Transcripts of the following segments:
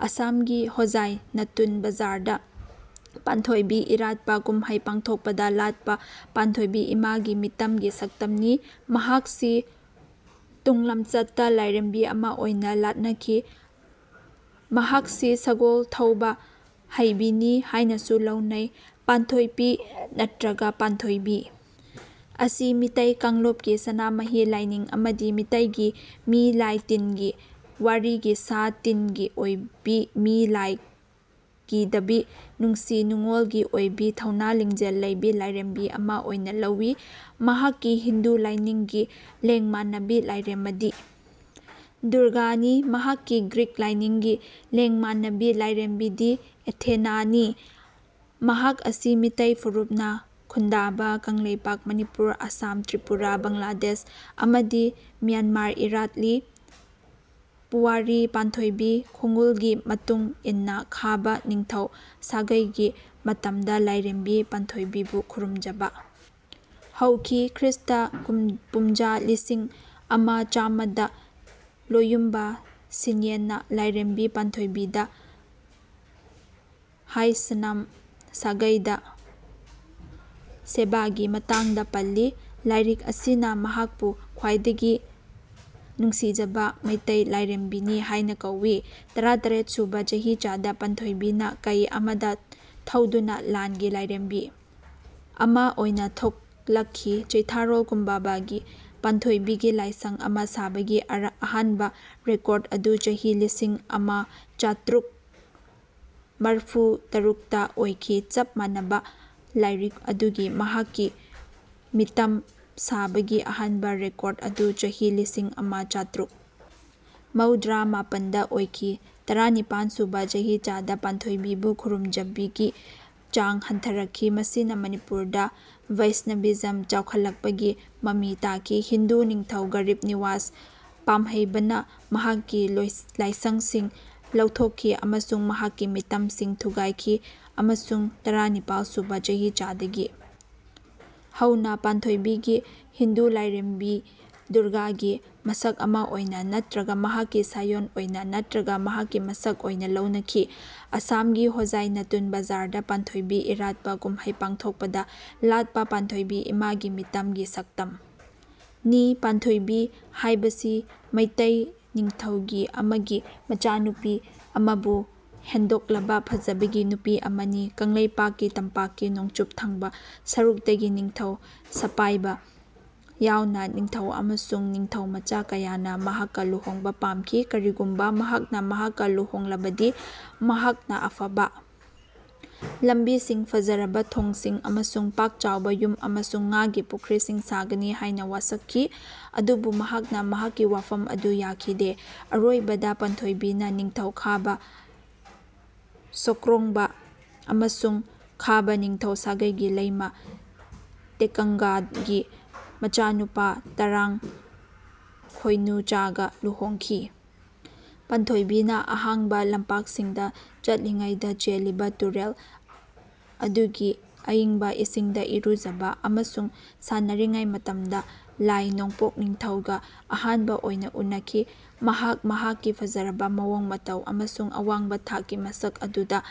ꯑꯁꯥꯝ ꯒꯤ ꯍꯣꯖꯥꯢ ꯅꯇꯨꯟ ꯕꯖꯥꯔ ꯗ ꯄꯥꯟꯊꯣꯢꯕꯤ ꯏꯔꯥꯠꯄ ꯀꯨꯝꯍꯩ ꯄꯥꯡꯊꯣꯛꯄꯗ ꯂꯥꯠꯄ ꯄꯥꯟꯊꯣꯢꯕꯤ ꯏꯃꯥ ꯒꯤ ꯃꯤꯇꯝ ꯒꯤ ꯁꯛꯇꯝ ꯅꯤ꯫ ꯃꯍꯥꯛꯁꯤ ꯇꯨꯡꯂꯝꯆꯠꯇ ꯂꯥꯢꯔꯦꯝꯕꯤ ꯑꯃ ꯑꯣꯢꯅ ꯂꯥꯠꯅꯈꯤ꯫ ꯃꯍꯥꯛꯁꯤ ꯁꯒꯣꯜ ꯊꯧꯕ ꯍꯩꯕꯤꯅꯤ ꯍꯥꯢꯅꯁꯨ ꯂꯧꯅꯩ꯫ ꯄꯥꯟꯊꯣꯢꯄꯤ ꯅꯠꯇ꯭ꯔꯒ ꯄꯥꯟꯊꯣꯢꯕꯤ ꯑꯁꯤ ꯃꯤꯇꯩ ꯀꯥꯡꯂꯨꯞꯀꯤ ꯁꯅꯥꯃꯍꯤ ꯂꯥꯏꯅꯤꯡ ꯑꯃꯗꯤ ꯃꯩꯇꯩꯒꯤ ꯃꯤ ꯂꯥꯢ ꯇꯤꯟꯒꯤ ꯋꯥꯔꯤꯒꯤ ꯁꯥ ꯂꯥꯟ ꯒꯤ ꯑꯣꯢꯕꯤ ꯃꯤ ꯂꯥꯢ ꯀꯤꯗꯕꯤ ꯅꯨꯡꯁꯤ ꯅꯨꯡꯑꯣꯜꯒꯤ ꯑꯣꯢꯕꯤ ꯊꯧꯅꯥ ꯂꯤꯡꯖꯦꯜ ꯂꯩꯕꯤ ꯂꯥꯢꯔꯦꯝꯕꯤ ꯑꯃ ꯑꯣꯢꯅ ꯂꯧꯢ꯫ ꯃꯍꯥꯛꯀꯤ ꯍꯤꯟꯗꯨ ꯂꯥꯢꯅꯤꯡꯒꯤ ꯂꯦꯡꯃꯥꯟꯅꯕꯤ ꯂꯥꯢꯔꯦꯝꯃꯗꯤ ꯗꯨꯔꯒꯥꯅꯤ꯫ ꯃꯍꯥꯛꯀꯤ ꯒ꯭ꯔꯤꯛ ꯂꯥꯢꯅꯤꯡꯒꯤ ꯂꯦꯡꯃꯥꯟꯅꯕꯤ ꯂꯥꯢꯔꯦꯝꯕꯤꯗꯤ ꯑꯦꯊꯦꯅꯥ ꯅꯤ꯫ ꯃꯍꯥꯛ ꯑꯁꯤ ꯃꯤꯇꯩ ꯐꯨꯔꯨꯞꯅ ꯈꯨꯟꯗꯥꯕ ꯀꯪꯂꯩꯄꯥꯛ ꯃꯅꯤꯄꯨꯔ ꯑꯁꯥꯝ ꯇ꯭ꯔꯤꯄꯨꯔꯥ ꯕꯪꯂꯥꯗꯦꯁ ꯑꯃꯗꯤ ꯃ꯭ꯌꯥꯟꯃꯥꯔꯗ ꯏꯔꯥꯠꯂꯤ꯫ ꯄꯨꯋꯥꯔꯤ ꯄꯥꯟꯊꯣꯏꯕꯤ ꯈꯣꯡꯒꯨꯜꯒꯤ ꯃꯇꯨꯡ ꯏꯟꯅ ꯈꯥꯕ ꯅꯤꯡꯊꯧ ꯁꯥꯒꯩꯒꯤ ꯃꯇꯝꯗ ꯂꯥꯏꯔꯦꯝꯕꯤ ꯄꯥꯟꯊꯣꯏꯕꯤꯕꯨ ꯈꯨꯔꯨꯝꯖꯕ ꯍꯧꯈꯤ꯫ ꯈ꯭ꯔꯤꯁꯇ ꯄꯨꯝꯖꯥ ꯂꯤꯁꯤꯡ ꯑꯃ ꯆꯥꯝꯃꯗ ꯂꯣꯌꯨꯝꯕ ꯁꯤꯟꯌꯦꯟꯅ ꯂꯥꯏꯔꯦꯝꯕꯤ ꯄꯥꯟꯊꯣꯏꯕꯤꯗ ꯍꯥꯏꯁꯅꯝ ꯁꯥꯒꯩꯅ ꯁꯦꯕꯥꯒꯤ ꯃꯇꯥꯡꯗ ꯄꯜꯂꯤ꯫ ꯂꯥꯏꯔꯤꯛ ꯑꯁꯤꯅ ꯃꯍꯥꯛꯄꯨ ꯈ꯭ꯋꯥꯏꯗꯒꯤ ꯅꯨꯡꯁꯤꯖꯕ ꯃꯩꯇꯩ ꯂꯥꯏꯔꯦꯝꯕꯤꯅꯤ ꯍꯥꯏꯅ ꯀꯧꯏ꯫ ꯇꯔꯥꯇꯔꯦꯠ ꯁꯨꯕ ꯆꯍꯤꯆꯥꯗ ꯄꯥꯟꯊꯣꯏꯕꯤꯅ ꯀꯩ ꯑꯃꯗ ꯊꯧꯗꯨꯅ ꯂꯥꯟꯒꯤ ꯂꯥꯏꯔꯦꯝꯕꯤ ꯑꯃ ꯑꯣꯏꯅ ꯊꯣꯛꯂꯛꯈꯤ꯫ ꯆꯩꯊꯥꯔꯣꯜ ꯀꯨꯝꯕꯥꯕꯥꯒꯤ ꯄꯥꯟꯊꯣꯏꯕꯤꯒꯤ ꯂꯥꯏꯁꯪ ꯑꯃ ꯁꯥꯕꯒꯤ ꯑꯍꯥꯟꯕ ꯔꯦꯀꯣꯔ꯭ꯗ ꯑꯗꯨ ꯆꯍꯤ ꯂꯤꯁꯤꯡ ꯑꯃ ꯆꯥꯇ꯭ꯔꯨꯛ ꯃꯔꯐꯨ ꯇꯔꯨꯛꯇ ꯑꯣꯏꯈꯤ꯫ ꯆꯞ ꯃꯥꯟꯅꯕ ꯂꯥꯏꯔꯤꯛ ꯑꯗꯨꯒꯤ ꯃꯍꯥꯛꯀꯤ ꯃꯤꯇꯝ ꯁꯥꯕꯒꯤ ꯑꯍꯥꯟꯕ ꯔꯦꯀꯣꯔ꯭ꯗ ꯑꯗꯨ ꯆꯍꯤ ꯂꯤꯁꯤꯡ ꯑꯃ ꯆꯥꯇ꯭ꯔꯨꯛ ꯃꯧꯗ꯭ꯔꯥ ꯃꯥꯄꯟꯗ ꯑꯣꯏꯈꯤ꯫ ꯇꯔꯥꯅꯤꯄꯥꯟ ꯁꯨꯕ ꯆꯍꯤꯆꯥꯗ ꯄꯥꯟꯊꯣꯏꯕꯤꯕꯨ ꯈꯨꯔꯨꯝꯖꯕꯒꯤ ꯆꯥꯡ ꯍꯟꯊꯔꯛꯈꯤ ꯃꯁꯤꯅ ꯃꯅꯤꯄꯨꯔꯗ ꯕꯩꯁꯅꯚꯤꯖꯝ ꯆꯥꯎꯈꯠꯂꯛꯄꯒꯤ ꯃꯃꯤ ꯇꯥꯈꯤ꯫ ꯍꯤꯟꯗꯨ ꯅꯤꯡꯊꯧ ꯒꯔꯤꯕ ꯅꯤꯋꯥꯖ ꯄꯥꯝꯍꯩꯕꯥ ꯅ ꯃꯍꯥꯛꯀꯤ ꯂꯥꯏꯁꯪꯁꯤꯡ ꯂꯧꯊꯣꯛꯈꯤ ꯑꯃꯁꯨꯡ ꯃꯍꯥꯛꯀꯤ ꯃꯤꯇꯝꯁꯤꯡ ꯊꯨꯒꯥꯏꯈꯤ ꯑꯃꯁꯨꯡ ꯇꯔꯥꯅꯤꯄꯥꯜ ꯁꯨꯕ ꯆꯍꯤꯆꯥꯗꯒꯤ ꯍꯧꯅ ꯄꯥꯟꯊꯣꯏꯕꯤꯒꯤ ꯍꯤꯟꯗꯨ ꯂꯥꯏꯔꯦꯝꯕꯤ ꯗꯨꯔꯒꯥꯒꯤ ꯃꯁꯛ ꯑꯃ ꯑꯣꯏꯅ ꯅꯠꯇ꯭ꯔꯒ ꯃꯍꯥꯛꯀꯤ ꯁꯥꯌꯣꯟ ꯑꯣꯏꯅ ꯅꯠꯇ꯭ꯔꯒ ꯃꯍꯥꯛꯀꯤ ꯃꯁꯛ ꯑꯣꯏꯅ ꯂꯧꯅꯈꯤ꯫ ꯑꯁꯥꯝꯒꯤ ꯍꯣꯖꯥꯢ ꯅꯇꯨꯟ ꯕꯖꯥꯔ ꯗ ꯄꯥꯟꯊꯣꯢꯕꯤ ꯏꯔꯥꯠꯄ ꯀꯨꯝꯍꯩ ꯄꯥꯡꯊꯣꯛꯄꯗ ꯂꯥꯠꯄ ꯄꯥꯟꯊꯣꯢꯕꯤ ꯏꯃꯥ ꯒꯤ ꯃꯤꯇꯝ ꯒꯤ ꯁꯛꯇꯝ ꯅꯤ꯫ ꯄꯥꯟꯊꯣꯏꯕꯤ ꯍꯥꯏꯕꯁꯤ ꯃꯩꯇꯩ ꯅꯤꯡꯊꯧꯒꯤ ꯑꯃꯒꯤ ꯃꯆꯥꯅꯨꯄꯤ ꯑꯃꯥꯕꯨ ꯍꯦꯟꯗꯣꯛꯂꯕ ꯐꯖꯕꯒꯤ ꯅꯨꯄꯤ ꯑꯃꯅꯤ꯫ ꯀꯪꯂꯩꯄꯥꯛꯀꯤ ꯇꯝꯄꯥꯛꯀꯤ ꯅꯣꯡꯆꯨꯞ ꯊꯪꯕ ꯁꯔꯨꯛꯇꯒꯤ ꯅꯤꯡꯊꯧ ꯁꯄꯥꯏꯕꯥ ꯌꯥꯎꯅ ꯅꯤꯡꯊꯧ ꯑꯃꯁꯨꯡ ꯅꯤꯡꯊꯧꯃꯆꯥ ꯀꯌꯥꯅ ꯃꯍꯥꯛꯀ ꯂꯨꯍꯣꯡꯕ ꯄꯥꯝꯈꯤ꯫ ꯀꯔꯤꯒꯨꯝꯕ ꯃꯍꯥꯛꯅ ꯃꯍꯥꯛꯀ ꯂꯨꯍꯣꯡꯂꯕꯗꯤ ꯃꯍꯥꯛꯅ ꯑꯐꯕ ꯂꯝꯕꯤꯁꯤꯡ ꯐꯖꯔꯕ ꯊꯣꯡꯁꯤꯡ ꯑꯃꯁꯨꯡ ꯄꯥꯛꯆꯥꯎꯕ ꯌꯨꯝ ꯑꯃꯁꯨꯡ ꯉꯥꯒꯤ ꯄꯨꯈ꯭ꯔꯤꯁꯤꯡ ꯁꯥꯒꯅꯤ ꯍꯥꯏꯅ ꯋꯥꯁꯛꯈꯤ ꯑꯗꯨꯕꯨ ꯃꯍꯥꯛꯅ ꯃꯍꯥꯛꯀꯤ ꯋꯥꯐꯝ ꯑꯗꯨ ꯌꯥꯈꯤꯗꯦ꯫ ꯑꯔꯣꯏꯕꯗ ꯄꯥꯟꯊꯣꯏꯕꯤꯅ ꯅꯤꯡꯊꯧ ꯈꯥꯕ ꯁꯣꯀ꯭ꯔꯣꯡꯕꯥ ꯑꯃꯁꯨꯡ ꯈꯥꯕꯥ ꯅꯤꯡꯊꯧ ꯁꯥꯒꯩꯒꯤ ꯂꯩꯃ ꯇꯦꯀꯪꯒꯥꯒꯤ ꯃꯆꯥꯅꯨꯄꯥ ꯇꯔꯥꯡ ꯈꯣꯏꯅꯨꯆꯥꯒ ꯂꯨꯍꯣꯡꯈꯤ꯫ ꯄꯥꯟꯊꯣꯏꯕꯤꯅ ꯑꯍꯥꯡꯕ ꯂꯝꯄꯥꯛꯁꯤꯡꯗ ꯆꯠꯂꯤꯉꯩꯗ ꯆꯦꯜꯂꯤꯕ ꯇꯨꯔꯦꯜ ꯑꯗꯨꯒꯤ ꯑꯏꯪꯕ ꯏꯁꯤꯡꯗ ꯏꯔꯨꯖꯕ ꯑꯃꯁꯨꯡ ꯁꯥꯟꯅꯔꯤꯉꯩ ꯃꯇꯝꯗ ꯂꯥꯏ ꯅꯣꯡꯄꯣꯛ ꯅꯤꯡꯊꯧꯒ ꯑꯍꯥꯟꯕ ꯑꯣꯏꯅ ꯎꯅꯈꯤ꯫ ꯃꯍꯥꯛ ꯃꯍꯥꯛꯀꯤ ꯐꯖꯔꯕ ꯃꯑꯣꯡ ꯃꯇꯧ ꯑꯃꯁꯨꯡ ꯑꯋꯥꯡꯕ ꯊꯥꯛꯀꯤ ꯃꯁꯛ ꯑꯗꯨꯗ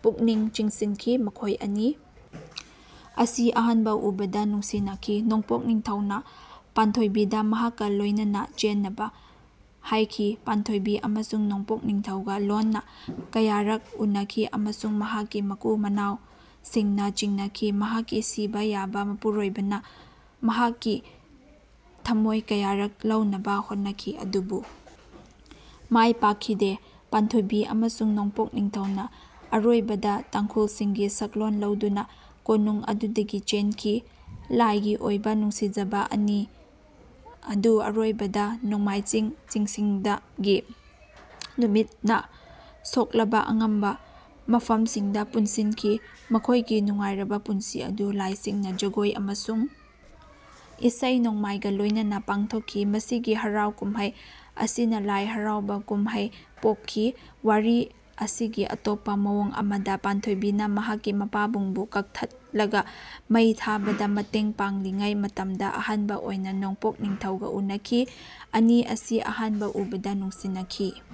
ꯄꯨꯛꯅꯤꯡ ꯆꯤꯡꯁꯤꯟꯈꯤ꯫ ꯃꯈꯣꯏ ꯑꯅꯤ ꯑꯁꯤ ꯑꯍꯥꯟꯕ ꯎꯕꯗ ꯅꯨꯡꯁꯤꯅꯈꯤ꯫ ꯅꯣꯡꯄꯣꯛ ꯅꯤꯡꯊꯧꯅ ꯄꯥꯟꯊꯣꯏꯕꯤꯗ ꯃꯍꯥꯛꯀ ꯂꯣꯏꯅꯅ ꯆꯦꯟꯅꯕ ꯍꯥꯏꯈꯤ꯫ ꯄꯥꯟꯊꯣꯏꯕꯤ ꯑꯃꯁꯨꯡ ꯅꯣꯡꯄꯣꯛ ꯅꯤꯡꯊꯧꯒ ꯂꯣꯟꯅ ꯀꯌꯥꯔꯛ ꯎꯅꯈꯤ ꯑꯃꯁꯨꯡ ꯃꯍꯥꯛꯀꯤ ꯃꯀꯨ ꯃꯅꯥꯎꯁꯤꯡꯅ ꯆꯤꯡꯅꯈꯤ꯫ ꯃꯍꯥꯛꯀꯤ ꯁꯤꯕ ꯌꯥꯕ ꯃꯄꯨꯔꯣꯏꯕꯅ ꯃꯍꯥꯛꯀꯤ ꯊꯃꯣꯏ ꯀꯌꯥꯔꯛ ꯂꯧꯅꯕ ꯍꯣꯠꯅꯈꯤ ꯑꯗꯨꯕꯨ ꯃꯥꯏ ꯄꯥꯛꯈꯤꯗꯦ꯫ ꯄꯥꯟꯊꯣꯏꯕꯤ ꯑꯃꯁꯨꯡ ꯅꯣꯡꯄꯣꯛ ꯅꯤꯡꯊꯧꯅ ꯑꯔꯣꯏꯕꯗ ꯇꯥꯡꯈꯨꯜꯁꯤꯡꯒꯤ ꯁꯛꯂꯣꯟ ꯂꯧꯗꯨꯅ ꯀꯣꯅꯨꯡ ꯑꯗꯨꯗꯒꯤ ꯆꯦꯟꯈꯤ꯫ ꯂꯥꯏꯒꯤ ꯑꯣꯏꯕ ꯅꯨꯡꯁꯤꯖꯕ ꯑꯅꯤ ꯑꯗꯨ ꯑꯔꯣꯏꯕꯗ ꯅꯣꯡꯃꯥꯏꯆꯤꯡ ꯆꯤꯡꯁꯤꯡꯗꯒꯤ ꯅꯨꯃꯤꯠꯅ ꯁꯣꯛꯂꯕ ꯑꯉꯝꯕ ꯃꯐꯝꯁꯤꯡꯗ ꯄꯨꯟꯁꯤꯟꯈꯤ꯫ ꯃꯈꯣꯏꯒꯤ ꯅꯨꯡꯉꯥꯏꯔꯕ ꯄꯨꯟꯁꯤ ꯑꯗꯨ ꯂꯥꯏꯁꯤꯡꯅ ꯖꯒꯣꯏ ꯑꯃꯁꯨꯡ ꯏꯁꯩ ꯅꯣꯡꯃꯥꯏꯒ ꯂꯣꯏꯅꯅ ꯄꯥꯡꯊꯣꯛꯈꯤ꯫ ꯃꯁꯤꯒꯤ ꯍꯔꯥꯎ ꯀꯨꯝꯍꯩ ꯑꯁꯤꯅ ꯂꯥꯏ ꯍꯔꯥꯎꯕꯥ ꯀꯨꯝꯍꯩ ꯄꯣꯛꯈꯤ꯫ ꯋꯥꯔꯤ ꯑꯁꯤꯒꯤ ꯑꯇꯣꯞꯄ ꯃꯑꯣꯡ ꯑꯃꯗ ꯄꯥꯟꯊꯣꯏꯕꯤꯅ ꯃꯍꯥꯛꯀꯤ ꯃꯄꯥꯕꯨꯡꯕꯨ ꯀꯛꯊꯠꯂꯒ ꯃꯩ ꯊꯥꯕꯗ ꯃꯇꯦꯡ ꯄꯥꯡꯂꯤꯉꯩ ꯃꯇꯝꯗ ꯑꯍꯥꯟꯕ ꯑꯣꯏꯅ ꯅꯣꯡꯄꯣꯛ ꯅꯤꯡꯊꯧꯒ ꯎꯅꯈꯤ꯫ ꯑꯅꯤ ꯑꯁꯤ ꯑꯍꯥꯟꯕ ꯎꯕꯗ ꯅꯨꯡꯁꯤꯅꯈꯤ꯫